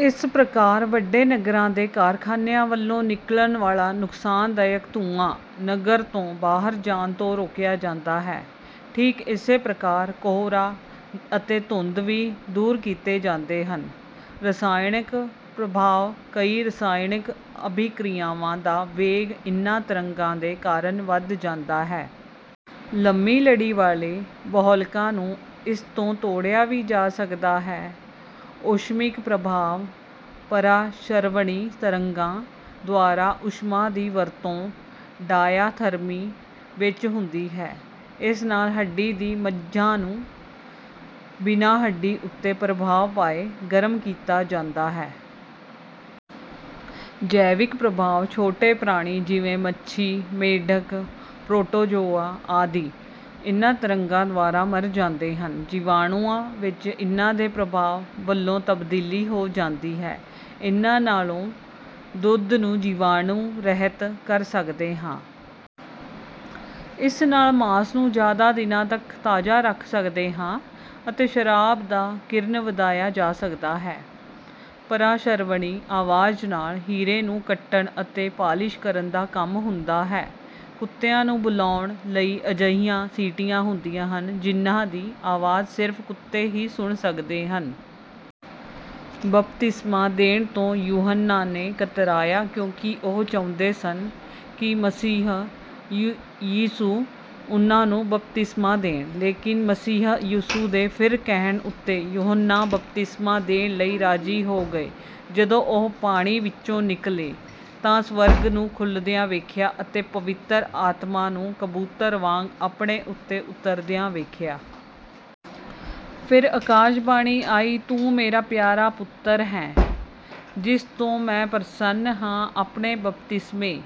ਇਸ ਪ੍ਰਕਾਰ ਵੱਡੇ ਨਗਰਾਂ ਦੇ ਕਾਰਖਾਨਿਆਂ ਵੱਲੋਂ ਨਿਕਲਣ ਵਾਲਾ ਨੁਕਸਾਨਦਾਇਕ ਧੂੰਆਂ ਨਗਰ ਤੋਂ ਬਾਹਰ ਜਾਣ ਤੋਂ ਰੋਕਿਆ ਜਾਂਦਾ ਹੈ। ਠੀਕ ਇਸੇ ਪ੍ਰਕਾਰ ਕੋਹਰਾ ਅਤੇ ਧੁੰਦ ਵੀ ਦੂਰ ਕੀਤੇ ਜਾਂਦੇ ਹਨ। ਰਸਾਇਣਕ ਪ੍ਰਭਾਵ: ਕਈ ਰਸਾਇਣਕ ਅਭਿਕ੍ਰਿਆਵਾਂ ਦਾ ਵੇਗ ਇਨ੍ਹਾਂ ਤਰੰਗਾਂ ਦੇ ਕਾਰਨ ਵੱਧ ਜਾਂਦਾ ਹੈ। ਲੰਮੀ ਲੜੀ ਵਾਲੇ ਬਹੁਲਕਾਂ ਨੂੰ ਇਸ ਤੋਂ ਤੋੜਿਆ ਵੀ ਜਾ ਸਕਦਾ ਹੈ। ਊਸ਼ਮਿਕ ਪ੍ਰਭਾਵ: ਪਰਾ-ਸ਼ਰਵਣੀ ਤਰੰਗਾਂ ਦੁਆਰਾ ਊਸ਼ਮਾ ਦੀ ਵਰਤੋਂ ਡਾਇਆਥਰਮੀ ਵਿੱਚ ਹੁੰਦੀ ਹੈ। ਇਸ ਨਾਲ ਹੱਡੀ ਦੀ ਮੱਝਾ ਨੂੰ, ਬਿਨਾਂ ਹੱਡੀ ਉੱਤੇ ਪ੍ਰਭਾਵ ਪਾਏ, ਗਰਮ ਕੀਤਾ ਜਾਂਦਾ ਹੈ। ਜੈਵਿਕ ਪ੍ਰਭਾਵ: ਛੋਟੇ ਪ੍ਰਾਣੀ, ਜਿਵੇਂ ਮੱਛੀ, ਮੇਢਕ, ਪ੍ਰੋਟੋਜ਼ੋਆ ਆਦਿ, ਇਨ੍ਹਾਂ ਤਰੰਗਾਂ ਦੁਆਰਾ ਮਰ ਜਾਂਦੇ ਹਨ। ਜੀਵਾਣੂਆਂ ਵਿੱਚ ਇਨ੍ਹਾਂ ਦੇ ਪ੍ਰਭਾਵ ਵੱਲੋਂ ਤਬਦੀਲੀ ਹੋ ਜਾਂਦੀ ਹੈ। ਇਨ੍ਹਾਂ ਨਾਲੋਂ ਦੁੱਧ ਨੂੰ ਜੀਵਾਣੂ-ਰਹਿਤ ਕਰ ਸਕਦੇ ਹਾਂ। ਇਸ ਨਾਲ ਮਾਸ ਨੂੰ ਜ਼ਿਆਦਾ ਦਿਨਾਂ ਤੱਕ ਤਾਜ਼ਾ ਰੱਖ ਸਕਦੇ ਹਾਂ ਅਤੇ ਸ਼ਰਾਬ ਦਾ ਕਿਰਨ ਵਧਾਇਆ ਜਾ ਸਕਦਾ ਹੈ। ਪਰਾ-ਸ਼ਰਵਣੀ ਆਵਾਜ਼ ਨਾਲ ਹੀਰੇ ਨੂੰ ਕੱਟਣ ਅਤੇ ਪਾਲਿਸ਼ ਕਰਨ ਦਾ ਕੰਮ ਹੁੰਦਾ ਹੈ। ਕੁੱਤਿਆਂ ਨੂੰ ਬੁਲਾਉਣ ਲਈ ਅਜਿਹੀਆਂ ਸੀਟੀਆਂ ਹੁੰਦੀਆਂ ਹਨ ਜਿਨ੍ਹਾਂ ਦੀ ਆਵਾਜ਼ ਸਿਰਫ਼ ਕੁੱਤੇ ਹੀ ਸੁਣ ਸਕਦੇ ਹਨ। ਬਪਤਿਸਮਾ ਦੇਣ ਤੋਂ ਯੁਹੰਨਾ ਨੇ ਕਤਰਾਇਆ ਕਿਉਂਕਿ ਉਹ ਚਾਹੁੰਦੇ ਸਨ ਕਿ ਮਸੀਹ ਯਿਸੂ ਉਨ੍ਹਾਂ ਨੂੰ ਬਪਤਿਸਮਾ ਦੇਣ। ਲੇਕਿਨ ਮਸੀਹ ਯਿਸੂ ਦੇ ਫਿਰ ਕਹਿਣ ਉੱਤੇ ਯੁਹੰਨਾ ਬਪਤਿਸਮਾ ਦੇਣ ਲਈ ਰਾਜ਼ੀ ਹੋ ਗਏ। ਜਦੋਂ ਉਹ ਪਾਣੀ ਵਿੱਚੋਂ ਨਿਕਲੇ ਤਾਂ ਸਵਰਗ ਨੂੰ ਖੁੱਲ੍ਹਦਿਆਂ ਵੇਖਿਆ ਅਤੇ ਪਵਿੱਤਰ ਆਤਮਾ ਨੂੰ ਕਬੂਤਰ ਵਾਂਗ ਆਪਣੇ ਉੱਤੇ ਉਤਰਦਿਆਂ ਵੇਖਿਆ। ਫਿਰ ਅਕਾਸ਼ਬਾਣੀ ਆਈ ਤੂੰ ਮੇਰਾ ਪਿਆਰਾ ਪੁੱਤਰ ਹੈਂ, ਜਿਸ ਤੋਂ ਮੈਂ ਪ੍ਰਸੰਨ ਹਾਂ"। ਆਪਣੇ ਬਪਤਿਸਮੇ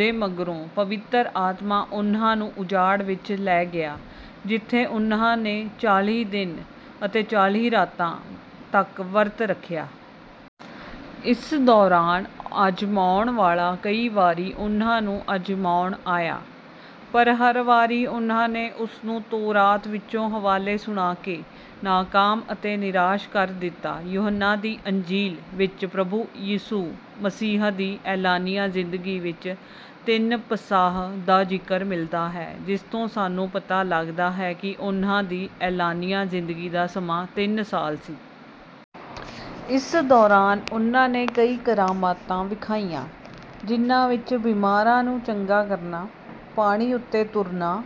ਦੇ ਮਗਰੋਂ ਪਵਿੱਤਰ ਆਤਮਾ ਉਨ੍ਹਾਂ ਨੂੰ ਉਜਾੜ ਵਿੱਚ ਲੈ ਗਿਆ, ਜਿੱਥੇ ਉਨ੍ਹਾਂ ਨੇ ਚਾਲ੍ਹੀ ਦਿਨ ਅਤੇ ਚਾਲ੍ਹੀ ਰਾਤਾਂ ਤੱਕ ਵਰਤ ਰੱਖਿਆ। ਇਸ ਦੌਰਾਨ ਆਜ਼ਮਾਉਣ ਵਾਲਾ ਕਈ ਵਾਰੀ ਉਨ੍ਹਾਂ ਨੂੰ ਆਜ਼ਮਾਉਣ ਆਇਆ, ਪਰ ਹਰ ਵਾਰੀ ਉਨ੍ਹਾਂ ਨੇ ਉਸ ਨੂੰ ਤੋਰਾਤ ਵਿੱਚੋਂ ਹਵਾਲੇ ਸੁਣਾ ਕੇ ਨਾਕਾਮ ਅਤੇ ਨਿਰਾਸ਼ ਕਰ ਦਿੱਤਾ। ਯੁਹੰਨਾ ਦੀ ਅੰਜੀਲ ਵਿੱਚ ਪ੍ਰਭੂ ਯਿਸੂ ਮਸੀਹ ਦੀ ਐਲਾਨੀਆ ਜ਼ਿੰਦਗੀ ਵਿੱਚ ਤਿੰਨ ਪਸਾਹ ਦਾ ਜ਼ਿਕਰ ਮਿਲਦਾ ਹੈ, ਜਿਸ ਤੋਂ ਸਾਨੂੰ ਪਤਾ ਲੱਗਦਾ ਹੈ ਕਿ ਉਨ੍ਹਾਂ ਦੀ ਐਲਾਨੀਆ ਜ਼ਿੰਦਗੀ ਦਾ ਸਮਾਂ ਤਿੰਨ ਸਾਲ ਸੀ। ਇਸ ਦੌਰਾਨ ਉਨ੍ਹਾਂ ਨੇ ਕਈ ਕਰਾਮਾਤਾਂ ਵਿਖਾਈਆਂ, ਜਿਨ੍ਹਾਂ ਵਿੱਚ ਬਿਮਾਰਾਂ ਨੂੰ ਚੰਗਾ ਕਰਨਾ, ਪਾਣੀ ਉੱਤੇ ਤੁਰਨਾ,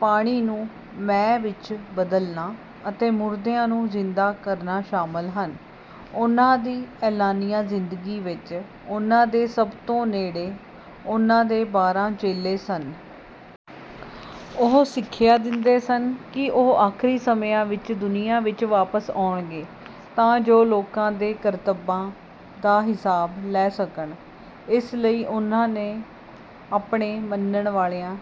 ਪਾਣੀ ਨੂੰ ਮੈਅ ਵਿੱਚ ਬਦਲਣਾ ਅਤੇ ਮੁਰਦਿਆਂ ਨੂੰ ਜ਼ਿੰਦਾ ਕਰਨਾ ਸ਼ਾਮਲ ਹਨ। ਉਨ੍ਹਾਂ ਦੀ ਐਲਾਨੀਆ ਜ਼ਿੰਦਗੀ ਵਿੱਚ ਉਨ੍ਹਾਂ ਦੇ ਸਭ ਤੋਂ ਨੇੜੇ ਉਨ੍ਹਾਂ ਦੇ ਬਾਰਾਂ ਚੇਲੇ ਸਨ। ਉਹ ਸਿਖਿਆ ਦਿੰਦੇ ਸਨ ਕਿ ਉਹ ਆਖਰੀ ਸਮਿਆਂ ਵਿੱਚ ਦੁਨੀਆ ਵਿੱਚ ਵਾਪਸ ਆਉਣਗੇ ਤਾਂ ਜੋ ਲੋਕਾਂ ਦੇ ਕਰਤੱਬਾਂ ਦਾ ਹਿਸਾਬ ਲੈ ਸਕਣ। ਇਸ ਲਈ ਓਹਨਾਂ ਨੈ ਆਪਣੇ ਮੰਨਣ ਵਾਲਿਆਂ